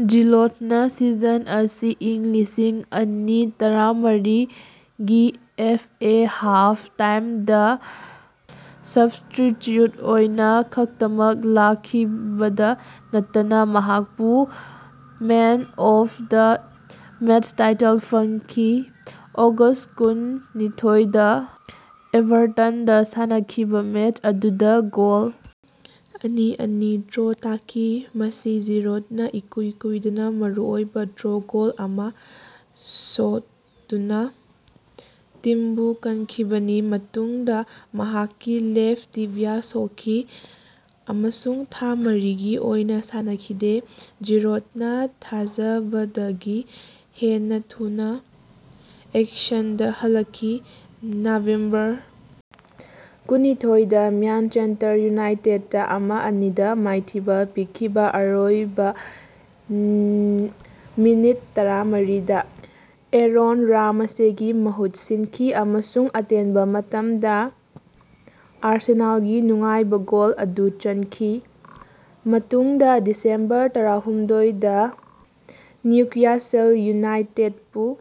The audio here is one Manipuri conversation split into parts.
ꯖꯤꯔꯣꯗꯅꯥ ꯁꯤꯖꯟ ꯑꯁꯤ ꯏꯪ ꯂꯤꯁꯤꯡ ꯑꯅꯤ ꯇꯔꯥꯃꯔꯤ ꯒꯤ ꯑꯦꯐ. ꯑꯦ. ꯍꯥꯐ ꯇꯥꯏꯝꯗ ꯁꯞꯁꯇꯤꯆ꯭ꯌꯨꯠ ꯑꯣꯏꯅꯥ ꯈꯛꯇꯃꯛ ꯂꯥꯛꯈꯤꯕꯗ ꯅꯠꯇꯅ ꯃꯍꯥꯛꯄꯨ man of the match title ꯐꯪꯈꯤ ꯫ ꯑꯣꯒꯁꯠ ꯀꯨꯟ ꯅꯤꯊꯣꯏꯗ ꯑꯦꯚꯥꯔꯇꯟꯗ ꯁꯥꯟꯅꯈꯤꯕ ꯃꯦꯆ ꯑꯗꯨꯗ ꯒꯣꯜ ꯑꯅꯤ - ꯑꯅꯤꯗ ꯗ꯭ꯔꯣ ꯇꯥꯈꯤ ꯃꯁꯤ ꯖꯤꯔꯣꯗꯅ ꯏꯀꯨꯏ ꯀꯨꯏꯗꯅꯥ ꯃꯔꯨꯑꯣꯏꯕꯥ ꯗ꯭ꯔꯣ ꯒꯣꯜ ꯑꯃꯥ ꯁꯣꯠꯇꯨꯅꯥ ꯇꯤꯝꯕꯨ ꯀꯟꯈꯤꯕꯅꯤ ꯃꯇꯨꯡꯗ ꯃꯍꯥꯛꯀꯤ ꯂꯦꯐꯠ ꯇꯤꯕꯤꯌꯥ ꯁꯣꯛꯈꯤ ꯑꯃꯁꯨꯡ ꯊꯥ ꯃꯔꯤꯒꯤ ꯑꯣꯏꯅꯥ ꯁꯥꯟꯅꯈꯤꯗꯦ꯫ ꯖꯤꯔꯣꯗꯅꯥ ꯊꯥꯖꯕꯗꯒꯤ ꯍꯦꯟꯅꯥ ꯊꯨꯅꯥ ꯑꯦꯛꯁꯟꯗꯥ ꯍꯜꯂꯛꯈꯤ, ꯅꯕꯦꯝꯕꯔ ꯀꯨꯟꯅꯤꯊꯣꯏꯗ ꯃ꯭ꯌꯥꯟꯆꯦꯁꯇꯔ ꯌꯨꯅꯥꯏꯇꯦꯗꯇ ꯑꯃ -ꯑꯅꯤꯗ ꯃꯥꯏꯊꯤꯕꯥ ꯄꯤꯈꯤꯕꯥ ꯑꯔꯣꯏꯕꯥ ꯃꯤꯅꯤꯠ ꯇꯔꯥꯃꯥꯔꯤꯗ ꯑꯦꯔꯣꯟ ꯔꯥꯃꯁꯦꯒꯤ ꯃꯍꯨꯠ ꯁꯤꯟꯈꯤ ꯑꯃꯁꯨꯡ ꯑꯇꯦꯟꯕ ꯃꯇꯝꯗ ꯑꯥꯔꯁꯦꯅꯥꯜꯒꯤ ꯅꯨꯡꯉꯥꯏꯕꯥ ꯒꯣꯜ ꯑꯗꯨ ꯆꯟꯈꯤ꯫ ꯃꯇꯨꯡꯗ ꯗꯤꯁꯦꯝꯕꯔ ꯇꯔꯥꯍꯨꯝꯗꯣꯏꯗ ꯅ꯭ꯌꯨꯀ꯭ꯌꯥꯁꯜ ꯌꯨꯅꯥꯏꯇꯦꯗꯄꯨ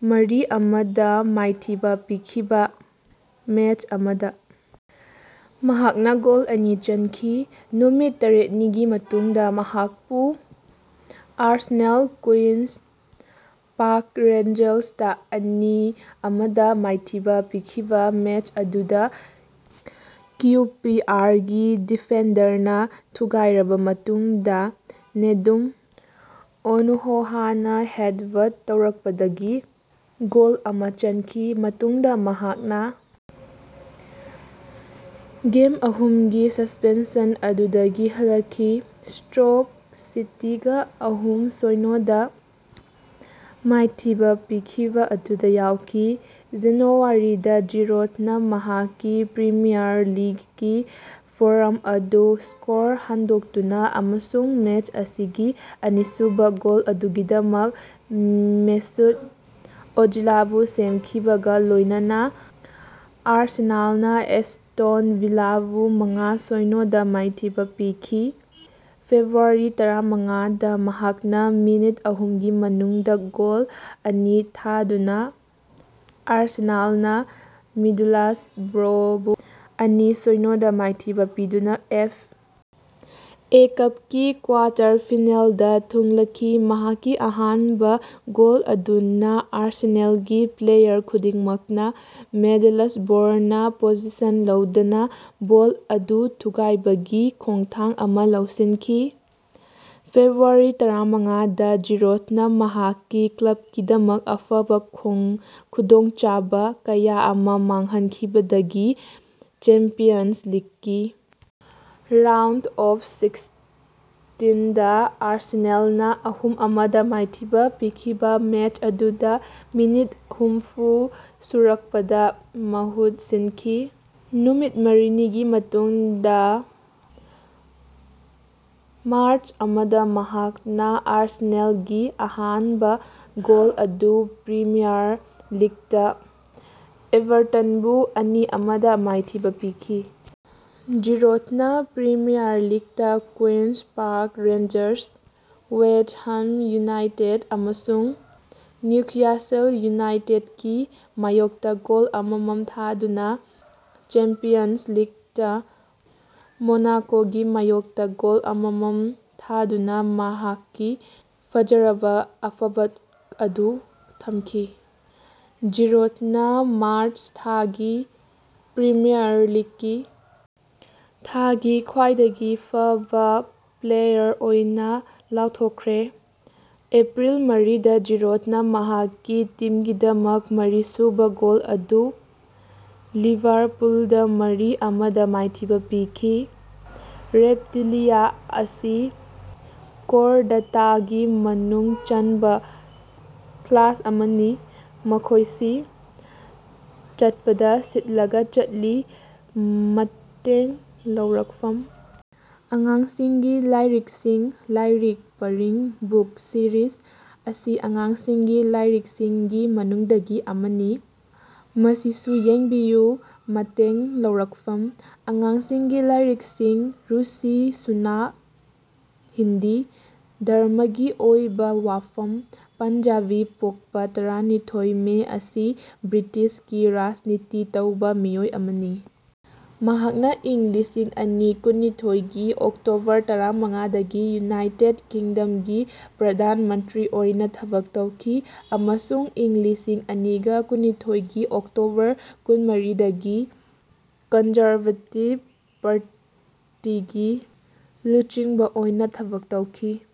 ꯃꯔꯤ ꯑꯃꯥꯗ ꯃꯥꯏꯊꯤꯕ ꯄꯤꯈꯤꯕ ꯃꯦꯆ ꯑꯃꯗ ꯃꯍꯥꯛꯅ ꯒꯣꯜ ꯑꯅꯤ ꯆꯟꯈꯤ꯫ ꯅꯨꯃꯤꯠ ꯇꯔꯦꯠꯅꯤꯒꯤ ꯃꯇꯨꯡꯗ ꯃꯍꯥꯛꯄꯨ ꯑꯥꯔꯁꯦꯅꯦꯜ ꯀꯨꯏꯟꯁ ꯄꯥꯔꯛ ꯔꯦꯟꯖꯔꯁꯇ ꯑꯅꯤ -ꯑꯃꯗ ꯃꯥꯏꯊꯤꯕꯥ ꯄꯤꯈꯤꯕꯥ ꯃꯦꯆ ꯑꯗꯨꯗ ꯀꯤꯎ ꯄꯤ ꯑꯥꯔꯒꯤ ꯗꯤꯐꯦꯟꯗꯔꯅ ꯊꯨꯒꯥꯏꯔꯕ ꯃꯇꯨꯡꯗ ꯅꯦꯗꯨꯝ ꯑꯣꯅꯨꯑꯣꯍꯥꯅ ꯍꯦꯗꯕꯠ ꯇꯧꯔꯛꯄꯗꯒꯤ ꯒꯣꯜ ꯑꯃꯥ ꯆꯟꯈꯤ꯫ ꯃꯇꯨꯡꯗ ꯃꯍꯥꯛꯅ ꯒꯦꯝ ꯑꯍꯨꯝꯒꯤ ꯁꯁꯄꯦꯟꯁꯟ ꯑꯗꯨꯗꯒꯤ ꯍꯜꯂꯛꯈꯤ ꯁ꯭ꯇꯣꯛ ꯁꯤꯇꯤꯒ ꯑꯍꯨꯝ - ꯁꯣꯢꯅꯣꯗ ꯃꯥꯏꯊꯤꯕꯥ ꯄꯤꯈꯤꯕ ꯑꯗꯨꯗ ꯌꯥꯎꯈꯤ꯫ ꯖꯅꯨꯋꯥꯔꯤꯗ ꯖꯤꯔꯣꯗꯅꯥ ꯃꯍꯥꯛꯀꯤ ꯄ꯭ꯔꯤꯃꯤꯌꯥꯔ ꯂꯤꯒꯀꯤ ꯐꯣꯔꯝ ꯑꯗꯨ ꯁ꯭ꯀꯣꯔ ꯍꯥꯡꯗꯣꯛꯇꯨꯅꯥ ꯑꯃꯁꯨꯡ ꯃꯦꯆ ꯑꯁꯤꯒꯤ ꯑꯅꯤꯁꯨꯕꯥ ꯒꯣꯜ ꯑꯗꯨꯒꯤꯗꯃꯛ ꯃꯦꯁꯨꯠ ꯑꯣꯖꯤꯂꯕꯨ ꯁꯦꯝꯈꯤꯕꯒꯥ ꯂꯣꯏꯅꯅꯥ ꯑꯥꯔꯁꯦꯅꯥꯜꯅꯥ ꯑꯦꯁꯇꯣꯟ ꯚꯤꯂꯥꯕꯨ ꯃꯉꯥ-ꯁꯣꯢꯅꯣꯗꯥ ꯃꯥꯏꯊꯤꯕꯥ ꯄꯤꯈꯤ꯫ ꯐꯦꯕ꯭ꯔꯨꯋꯥꯔꯤ ꯇꯔꯥꯃꯉꯥꯗ ꯃꯍꯥꯛꯅꯥ ꯃꯤꯅꯤꯠ ꯑꯍꯨꯝꯒꯤ ꯃꯅꯨꯡꯗꯥ ꯒꯣꯜ ꯑꯅꯤ ꯊꯥꯗꯨꯅ ꯑꯥꯔꯁꯦꯅꯦꯜꯅ ꯃꯤꯗꯂꯁꯕ꯭ꯔꯣꯕꯨ ꯑꯅꯤ-ꯁꯣꯢꯅꯣꯗ ꯃꯥꯏꯊꯤꯕꯥ ꯄꯤꯗꯨꯅꯥ ꯑꯦꯐ. ꯑꯦ. ꯀꯞꯀꯤ ꯀ꯭ꯋꯥꯇꯔ ꯐꯤꯅꯦꯜꯗ ꯊꯨꯡꯂꯈꯤ꯫ ꯃꯍꯥꯛꯀꯤ ꯑꯍꯥꯟꯕꯥ ꯒꯣꯜ ꯑꯗꯨꯅ ꯑꯥꯔꯁꯦꯅꯦꯜꯒꯤ ꯄ꯭ꯂꯦꯌꯥꯔ ꯈꯨꯗꯤꯡꯃꯛꯅꯥ ꯃꯤꯗꯂꯁꯕ꯭ꯔꯣꯅ ꯄꯣꯁꯦꯁꯟ ꯂꯧꯗꯅꯥ ꯕꯣꯜ ꯑꯗꯨ ꯊꯨꯒꯥꯏꯕꯒꯤ ꯈꯣꯡꯊꯥꯡ ꯑꯃꯥ ꯂꯧꯁꯤꯟꯈꯤ꯫ ꯐꯦꯕ꯭ꯔꯨꯋꯥꯔꯤ ꯇꯔꯥꯃꯉꯥꯗ ꯖꯤꯔꯣꯗꯅꯥ ꯃꯍꯥꯛꯀꯤ ꯀ꯭ꯂꯕꯀꯤꯗꯃꯛ ꯑꯐꯕꯥ ꯈꯣꯡ ꯈꯨꯗꯣꯡꯆꯥꯕꯥ ꯀꯌꯥ ꯑꯃꯥ ꯃꯥꯡꯍꯟꯈꯤꯕꯗꯒꯤ ꯆꯦꯝꯄꯤꯌꯟꯁ ꯂꯤꯛꯀꯤ ꯔꯥꯎꯟꯗ ꯑꯣꯐ ꯁꯤꯛꯁꯇꯤꯟꯗ ꯑꯥꯔꯁꯦꯅꯦꯜꯅ ꯑꯍꯨꯝ -ꯑꯃꯗ ꯃꯥꯏꯊꯤꯕꯥ ꯄꯤꯈꯤꯕꯥ ꯃꯦꯆ ꯑꯗꯨꯗꯥ ꯃꯤꯅꯤꯠ ꯍꯨꯝꯐꯨ ꯁꯨꯔꯛꯄꯗ ꯃꯍꯨꯠ ꯁꯤꯟꯈꯤ ꯫ ꯅꯨꯃꯤꯠ ꯃꯔꯤꯅꯤꯒꯤ ꯃꯇꯨꯡꯗ ꯃꯥꯔꯆ ꯑꯃꯗ ꯃꯍꯥꯛꯅ ꯑꯥꯔꯁꯦꯅꯦꯜꯒꯤ ꯑꯍꯥꯟꯕꯥ ꯒꯣꯜ ꯑꯗꯨ ꯄ꯭ꯔꯤꯃꯤꯌꯥꯔ ꯂꯤꯛꯇ ꯑꯦꯚꯥꯔꯇꯟꯕꯨ ꯑꯅꯤ- ꯑꯃꯗ ꯃꯥꯏꯊꯤꯕꯥ ꯄꯤꯈꯤ ꯫ ꯖꯤꯔꯣꯗꯅ ꯄ꯭ꯔꯤꯃꯤꯌꯥꯔ ꯂꯤꯛꯇ Queens Park Rangers, West Ham United ꯑꯃꯁꯨꯡ ꯅ꯭ꯌꯨꯀ꯭ꯌꯥꯁꯜ ꯌꯨꯅꯥꯏꯇꯦꯗꯀꯤ ꯃꯥꯌꯣꯛꯇꯥ ꯒꯣꯜ ꯑꯃꯃꯝ ꯊꯥꯗꯨꯅ ꯆꯦꯝꯄꯤꯌꯟꯁ ꯂꯤꯛꯇ ꯃꯣꯅꯥꯀꯣꯒꯤ ꯃꯥꯌꯣꯛꯇ ꯒꯣꯜ ꯑꯃꯃꯝ ꯊꯥꯗꯨꯅꯥ ꯃꯍꯥꯛꯀꯤ ꯐꯖꯔꯕꯥ ꯐꯝ ꯑꯗꯨ ꯊꯝꯈꯤ꯫ꯖꯤꯔꯣꯗꯅ ꯃꯥꯔꯆ ꯊꯥꯒꯤ ꯄ꯭ꯔꯤꯃꯤꯌꯥꯔ ꯂꯤꯛꯀꯤ ꯊꯥꯒꯤ ꯈ꯭ꯋꯥꯏꯗꯒꯤ ꯐꯕꯥ ꯄ꯭ꯂꯦꯌꯥꯔ ꯑꯣꯏꯅ ꯂꯥꯎꯊꯣꯛꯈ꯭ꯔꯦ꯫ ꯑꯦꯄ꯭ꯔꯤꯜ ꯃꯔꯤꯗ ꯖꯤꯔꯣꯗꯅꯥ ꯃꯍꯥꯛꯀꯤ ꯇꯤꯝꯒꯤꯗꯃꯛ ꯃꯔꯤꯁꯨꯕꯥ ꯒꯣꯜ ꯑꯗꯨ ꯂꯤꯚꯥꯔꯄꯨꯜꯗꯥ ꯃꯔꯤ ꯑꯃꯗ ꯃꯥꯏꯊꯤꯕꯥ ꯄꯤꯈꯤ ꯫ ꯔꯦꯞꯇꯤꯂꯤꯌꯥ ꯑꯁꯤ ꯀꯣꯔꯗꯥꯇꯥꯒꯤ ꯃꯅꯨꯡ ꯆꯟꯕ ꯀ꯭ꯂꯥꯁ ꯑꯃꯅꯤ꯫ ꯃꯈꯣꯢꯁꯤ ꯆꯠꯄꯗ ꯁꯤꯠꯂꯒ ꯆꯠꯂꯤ꯫ ꯃꯇꯦꯡ ꯂꯧꯔꯛꯐꯝ :ꯑꯉꯥꯡꯁꯤꯡꯒꯤ ꯂꯥꯢꯔꯤꯛꯁꯤꯡ ꯂꯥꯢꯔꯤꯛ ꯄꯔꯤꯡ (ꯕꯨꯛ ꯁꯤꯔꯤꯁ) ꯑꯁꯤ ꯑꯉꯥꯡꯁꯤꯡꯒꯤ ꯂꯥꯢꯔꯤꯛꯁꯤꯡꯒꯤ ꯃꯅꯨꯡꯗꯒꯤ ꯑꯃꯅꯤ꯫ ꯃꯁꯤꯁꯨ ꯌꯦꯡꯕꯤꯌꯨ ꯃꯇꯦꯡ ꯂꯧꯔꯛꯐꯝ :ꯑꯉꯥꯡꯁꯤꯡꯒꯤ ꯂꯥꯢꯔꯤꯛꯁꯤꯡ ꯔꯨꯁꯤ ꯁꯨꯅꯥꯛ ꯍꯤꯟꯗꯤ: ꯙꯔꯝꯃꯒꯤ ꯑꯣꯏꯕꯥ ꯋꯥꯐꯝ: ꯄꯟꯖꯥꯕꯤ ꯄꯣꯛꯄꯥ ꯇꯔꯥꯅꯤꯊꯣꯏ ꯃꯦ ꯑꯁꯤ ꯕ꯭ꯔꯤꯇꯤꯁꯀꯤ ꯔꯥꯖꯅꯤꯇꯤ ꯇꯧꯕꯥ ꯃꯤꯑꯣꯏ ꯑꯃꯅꯤ, ꯃꯍꯥꯛꯅꯥ ꯏꯪ ꯂꯤꯁꯤꯡ ꯑꯅꯤ ꯀꯨꯟꯅꯤꯊꯣꯏꯒꯤ ꯑꯣꯛꯇꯣꯕꯔ ꯇꯔꯥꯃꯉꯥ ꯗꯒꯤ ꯌꯨꯅꯥꯏꯇꯦꯗ ꯀꯤꯡꯗꯃꯒꯤ ꯄ꯭ꯔꯙꯥꯟ ꯃꯟꯇ꯭ꯔꯤ ꯑꯣꯏꯅꯥ ꯊꯕꯛ ꯇꯧꯈꯤ ꯑꯃꯁꯨꯡ ꯏꯪ ꯂꯤꯁꯤꯡ ꯑꯅꯤ ꯀꯨꯟꯅꯤꯊꯣꯏꯒꯤ ꯑꯣꯛꯇꯣꯕꯔ ꯀꯨꯟꯃꯔꯤ ꯗꯒꯤ ꯀꯅꯖꯥꯔꯕꯇꯤꯕ ꯄꯥꯔꯇꯤꯒꯤ ꯂꯨꯆꯤꯡꯕꯥ ꯑꯣꯏꯅꯥ ꯊꯕꯛ ꯇꯧꯈꯤ꯫